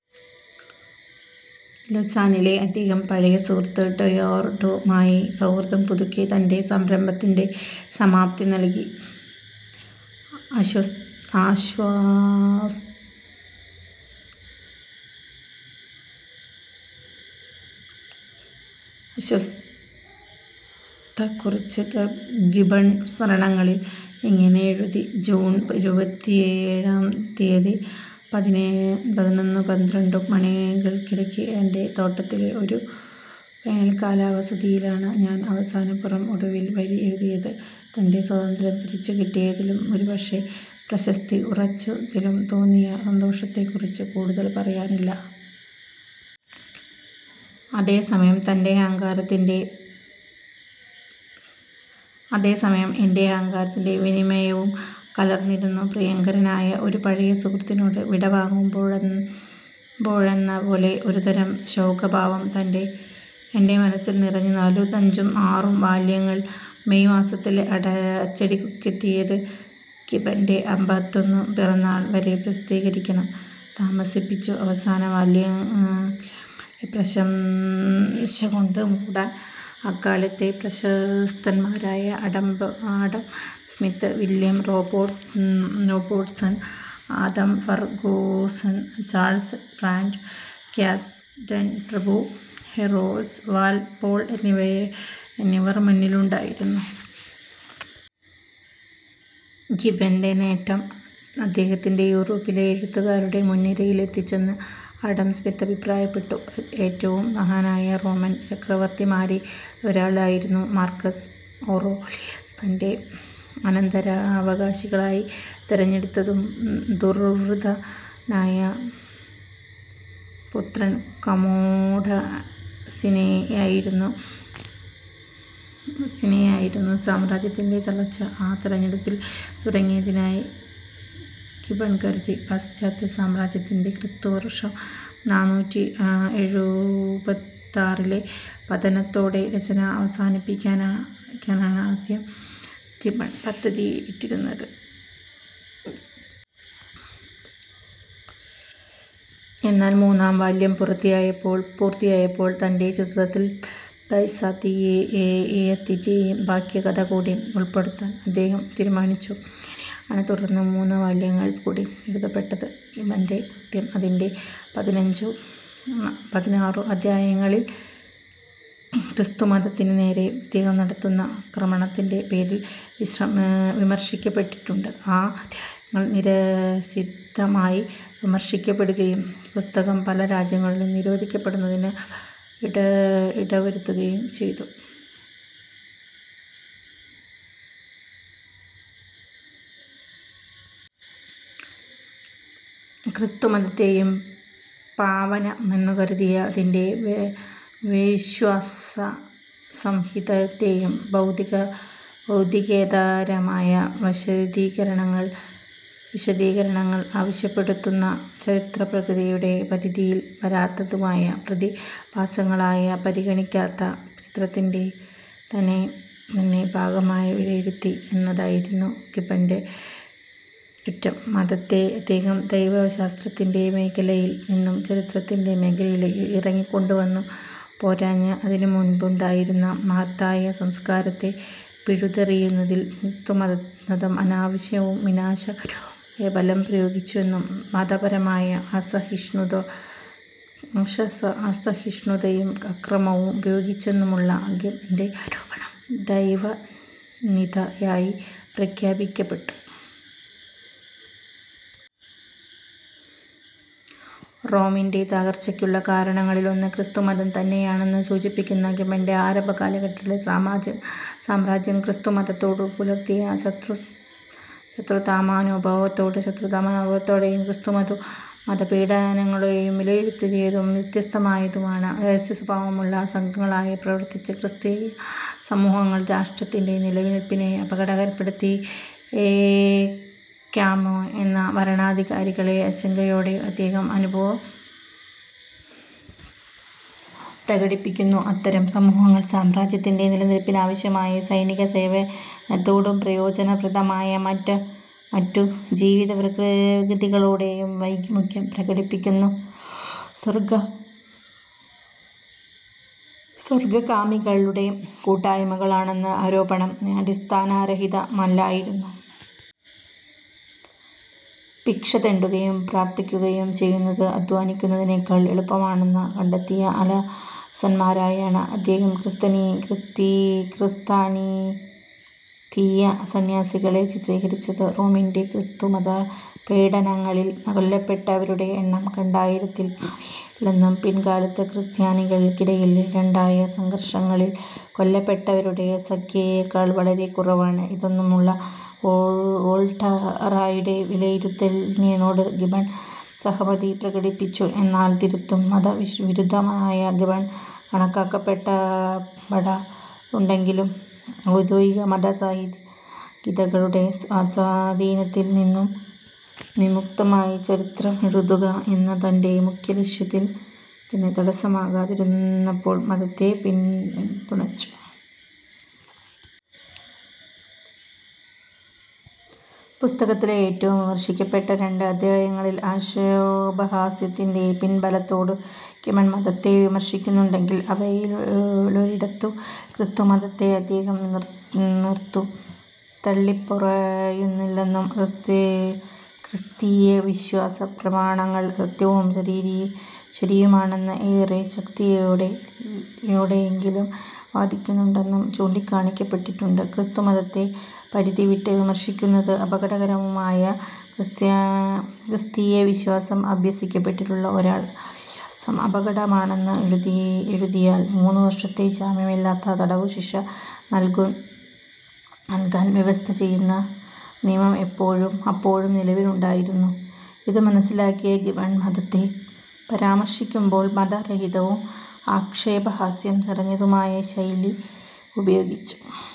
ലൊസാനിൽ അദ്ദേഹം പഴയ സുഹൃത്ത് ഡെയ്വർഡുമായി സൗഹൃദം പുതുക്കി. തൻ്റെ സംരംഭത്തിൻ്റെ സമാപ്തി നൽകിയ ആശ്വാസത്തെക്കുറിച്ച് ഗിബ്ബൺ സ്മരണകളിൽ ഇങ്ങനെ എഴുതി ജൂൺ ഇരുപത്തിയേഴാം തിയതി പതിനൊന്നും പന്ത്രണ്ടും മണികൾക്കിടക്ക് എൻ്റെ തോട്ടത്തിലെ ഒരു വേനൽക്കാലവസതിയിലാണ് ഞാൻ അവസാനപുറം ഒടുവിലെ വരി എഴുതിയത്. എൻ്റെ സ്വാതന്ത്ര്യം തിരിച്ചുകിട്ടിയതിലും ഒരുപക്ഷേ പ്രശസ്തി ഉറച്ചതിലും തോന്നിയ സന്തോഷത്തെക്കുറിച്ച് കൂടുതൽ പറയാനില്ല. അതേസമയം എൻ്റെ അഹങ്കാരത്തിൽ വിനയവും കലർന്നിരുന്നു. പ്രിയങ്കരനായ ഒരു പഴയ സുഹൃത്തിനോട് വിടവാങ്ങുമ്പോഴെന്നപോലെ ഒരുതരം ശോകഭാവം എൻ്റെ മനസ്സിൽ നിറഞ്ഞു. നാലും അഞ്ചും ആറും വാല്യങ്ങൾ മേയ് മാസത്തിലാണ് അച്ചടിക്കെത്തിയത്. ഗിബ്ബൻ്റെ അമ്പത്തൊന്നാം പിറന്നാൾ വരെ പ്രസിദ്ധീകരണം താമസിപ്പിച്ചു. അവസാനവാല്യങ്ങളെ പ്രശംസകൊണ്ടു മൂടാൻ അക്കാലത്തെ പ്രശസ്തന്മാരായ Adam Smith, William Robertson, Adam Ferguson, Charles Pratt, Camden പ്രഭു, ഹൊറേസ് വാൽപോൾ എന്നിവർ മുന്നിലുണ്ടായിരുന്നു. ഗിബ്ബൻ്റെ നേട്ടം അദ്ദേഹത്തെ യൂറോപ്പിലെ എഴുത്തുകാരുടെ മുൻനിരയിൽ എത്തിച്ചെന്ന് ആഡം സ്മിത്ത് അഭിപ്രായപ്പെട്ടു. ഏറ്റവും മഹാനായ റോമൻ ചക്രവർത്തിമാരിലൊരാളായിരുന്ന മാർക്കസ് ഔറേലിയസ് തൻ്റെ അനന്തരാവകാശിയായി തെരഞ്ഞെടുത്തത് ദുർവൃത്തനായ പുത്രൻ കമ്മോഡസിനെയായിരുന്നു. സാമ്രാജ്യത്തിൻ്റെ തളർച്ച ആ തെരഞ്ഞെടുപ്പിൽ തുടങ്ങിയതായി ഗിബ്ബൺ കരുതി. പാശ്ചാത്യസാമ്രാജ്യത്തിൻ്റെ ക്രിസ്തുവർഷം നാനൂറ്റി എഴുപത്താറിലെ പതനത്തോടെ രചന അവസാനിപ്പിക്കാനാണ് ആദ്യം ഗിബ്ബൺ പദ്ധതിയിട്ടിരുന്നത്. എന്നാൽ മൂന്നാം വാല്യം പൂർത്തിയായപ്പോൾ തൻ്റെ ചരിത്രത്തിൽ ബൈസാന്തിയത്തിൻ്റെ ബാക്കി കഥ കൂടി ഉൾപ്പെടുത്താൻ അദ്ദേഹം തീരുമാനിച്ചു. അങ്ങനെയാണ് തുടർന്ന് മൂന്നുവാല്യങ്ങൾ കൂടി എഴുതപ്പെട്ടത്. ഗിബ്ബൻ്റെ കൃതി അതിൻ്റെ പതിനഞ്ചും പതിനാറും അദ്ധ്യായങ്ങളിൽ ക്രിസ്തുമതത്തിനുനേരേ അദ്ദേഹം നടത്തുന്ന ആക്രമണത്തിൻ്റെ പേരിൽ വിമർശിക്കപ്പെട്ടിട്ടുണ്ട്. ആ അദ്ധ്യായങ്ങൾ നിശിതമായി വിമർശിക്കപ്പെടുകയും പുസ്തകം പല രാജ്യങ്ങളിലും നിരോധിക്കപ്പെടുന്നതിന് അവ ഇടവരുത്തുകയും ചെയ്തു. ക്രിസ്തുമതത്തേയും പാവനമെന്നുകരുതിയ അതിൻ്റെ വിശ്വാസസംഹിതയേയും ഭൗതികേതരമായ വിശദീകരണങ്ങൾ ആവശ്യപ്പെടുന്നതും ചരിത്രപ്രക്രിയയുടെ പരിധിയിൽ വരാത്തതുമായ പ്രതിഭാസങ്ങളായി പരിഗണിക്കാതെ ചരിത്രത്തിൻ്റെ തന്നെ ഭാഗമായി വിലയിരുത്തി എന്നതായിരുന്നു ഗിബ്ബൻ്റെ കുറ്റം. മതത്തെ അദ്ദേഹം ദൈവശാസ്ത്രത്തിൻ്റെ മേഖലയിൽ നിന്ന് ചരിത്രത്തിൻ്റെ മേഖലയിലേക്ക് ഇറക്കിക്കൊണ്ടുവന്നു. പോരാഞ്ഞ് അതിനുമുൻപുണ്ടായിരുന്ന മഹത്തായ സംസ്കാരത്തെ പിഴുതെറിയുന്നതിൽ ക്രിസ്തുമതം അനാവശ്യവും വിനാശകരവുമായ ബലം പ്രയോഗിച്ചെന്നും മതപരമായ അസഹിഷ്ണുതയും അക്രമവും ഉപയോഗിച്ചെന്നുമുള്ള ഗിബ്ബൻ്റെ ആരോപണം ദൈവനിന്ദയായി വ്യാഖ്യാനിക്കപ്പെട്ടു. റോമിൻ്റെ തളർച്ചക്കുള്ള കാരണങ്ങളിലൊന്ന് ക്രിസ്തുമതം തന്നെയാണെന്ന് സൂചിപ്പിക്കുന്ന ഗിബ്ബൺ ആരംഭഘട്ടത്തിൽ സാമ്രാജ്യം ക്രിസ്തുമതത്തോടുപുലർത്തിയ ശത്രുതാമനോഭാവത്തേയും ക്രിസ്തുമതപീഡനങ്ങളേയും വിലയിരുത്തിയതും വ്യത്യസ്തമായാണ്. രഹസ്യസ്വഭാവമുള്ള സംഘങ്ങളായി പ്രവർത്തിച്ച ക്രിസ്തീയസമൂഹങ്ങൾ രാഷ്ട്രത്തിൻ്റെ നിലനില്പിനെ അപകടപ്പെടുത്തിയേക്കാമെന്ന ഭരണാധികാരികളുടെ ആശങ്കയോട് അദ്ദേഹം അനുഭാവം പ്രകടിപ്പിക്കുന്നു. അത്തരം സമൂഹങ്ങൾ, സാമ്രാജ്യത്തിൻ്റെ നിലനില്പിനാവശ്യമായ സൈനികസേവനത്തോടും പ്രയോജനപ്രദമായ മറ്റു ജീവിതവൃത്തികളോടും വൈമുഖ്യം പ്രകടിപ്പിക്കുന്ന സ്വർഗ്ഗകാമികളുടെ കൂട്ടായ്മകളാണെന്ന ആരോപണം അടിസ്ഥാനരഹിതമല്ലായിരുന്നു. ഭിക്ഷതെണ്ടുകയും പ്രാർത്ഥിക്കുകയും ചെയ്യുന്നത് അദ്ധ്വാനിക്കുന്നതിനേക്കാൾ എളുപ്പമാണെന്ന് കണ്ടെത്തിയ അലസന്മാരായാണ് അദ്ദേഹം ക്രിസ്തീയ സന്യാസികളെ ചിത്രീകരിച്ചത്. റോമിൻ്റെ ക്രിസ്തുമതപീഡനങ്ങളിൽ കൊല്ലപ്പെട്ടവരുടെ എണ്ണം രണ്ടായിരത്തിൽ കവിയില്ലെന്നും പിൽക്കാലത്ത് ക്രിസ്ത്യാനികൾക്കിടയിൽ ഉണ്ടായ സംഘർഷങ്ങളിൽ കൊല്ലപ്പെട്ടവരുടെ സംഖ്യയേക്കാൾ വളരെക്കുറവാണ് ഇതെന്നുമുള്ള വോൾട്ടയറുടെ വിലയിരുത്തലിനോടും ഗിബ്ബൺ സഹമതി പ്രകടിപ്പിച്ചു. എന്നാൽ തീർത്തും മതവിരുദ്ധനായി ഗിബ്ബൺ കണക്കാക്കപ്പെടാറുണ്ടെങ്കിലും ഔദ്യോഗിക മതസംഹിതകളുടെ സ്വാധീനത്തിൽ നിന്ന് വിമുക്തമായി ചരിത്രമെഴുതുക എന്ന തൻ്റെ മുഖ്യലക്ഷ്യത്തിന് തടസമാകാതിരുന്നപ്പോൾ മതത്തെ പിന്തുണച്ചു. പുസ്തകത്തിലെ ഏറ്റവും വിമർശിക്കപ്പെട്ട രണ്ട് അദ്ധ്യായങ്ങളിൽ ആക്ഷേപഹാസ്യത്തിൻ്റെ പിൻബലത്തോടെ ഗിബ്ബൺ മതത്തെ വിമർശിക്കുന്നുണ്ടെങ്കിലും അവയിലൊരിടത്തും ക്രിസ്തുമതത്തെ അദ്ദേഹം തീർത്തും തള്ളിപ്പറയുന്നില്ലെന്നും ക്രിസ്തീയ വിശ്വാസപ്രമാണങ്ങൾ സത്യവും ശരിയുമാണെന്ന് ഏറെ ശക്തിയോടെയല്ലെങ്കിലും വാദിക്കുന്നുണ്ടെന്നും ചൂണ്ടിക്കാണിക്കപ്പെട്ടിട്ടുണ്ട്. ക്രിസ്തുമതത്തെ പരിധിവിട്ട് വിമർശിക്കുന്നത് അപകടകരവുമായിരുന്നു. ക്രിസ്തീയവിശ്വാസം അഭ്യസിക്കപ്പെട്ടിട്ടുള്ള ഒരാൾ ആ വിശ്വാസം കപടമാണെന്ന് എഴുതിയാൽ മൂന്നുവർഷത്തെ ജാമ്യമില്ലാത്ത തടവുശിക്ഷ നൽകാൻ വ്യവസ്ഥ ചെയ്യുന്ന നിയമം അപ്പോഴും നിലവിലുണ്ടായിരുന്നു. ഇതുമനസ്സിലാക്കിയ ഗിബ്ബൺ, മതത്തെ പരാമർശിക്കുമ്പോൾ മതാരഹിതവും ആക്ഷേപഹാസ്യം നിറഞ്ഞതുമായ ശൈലി ഉപയോഗിച്ചു.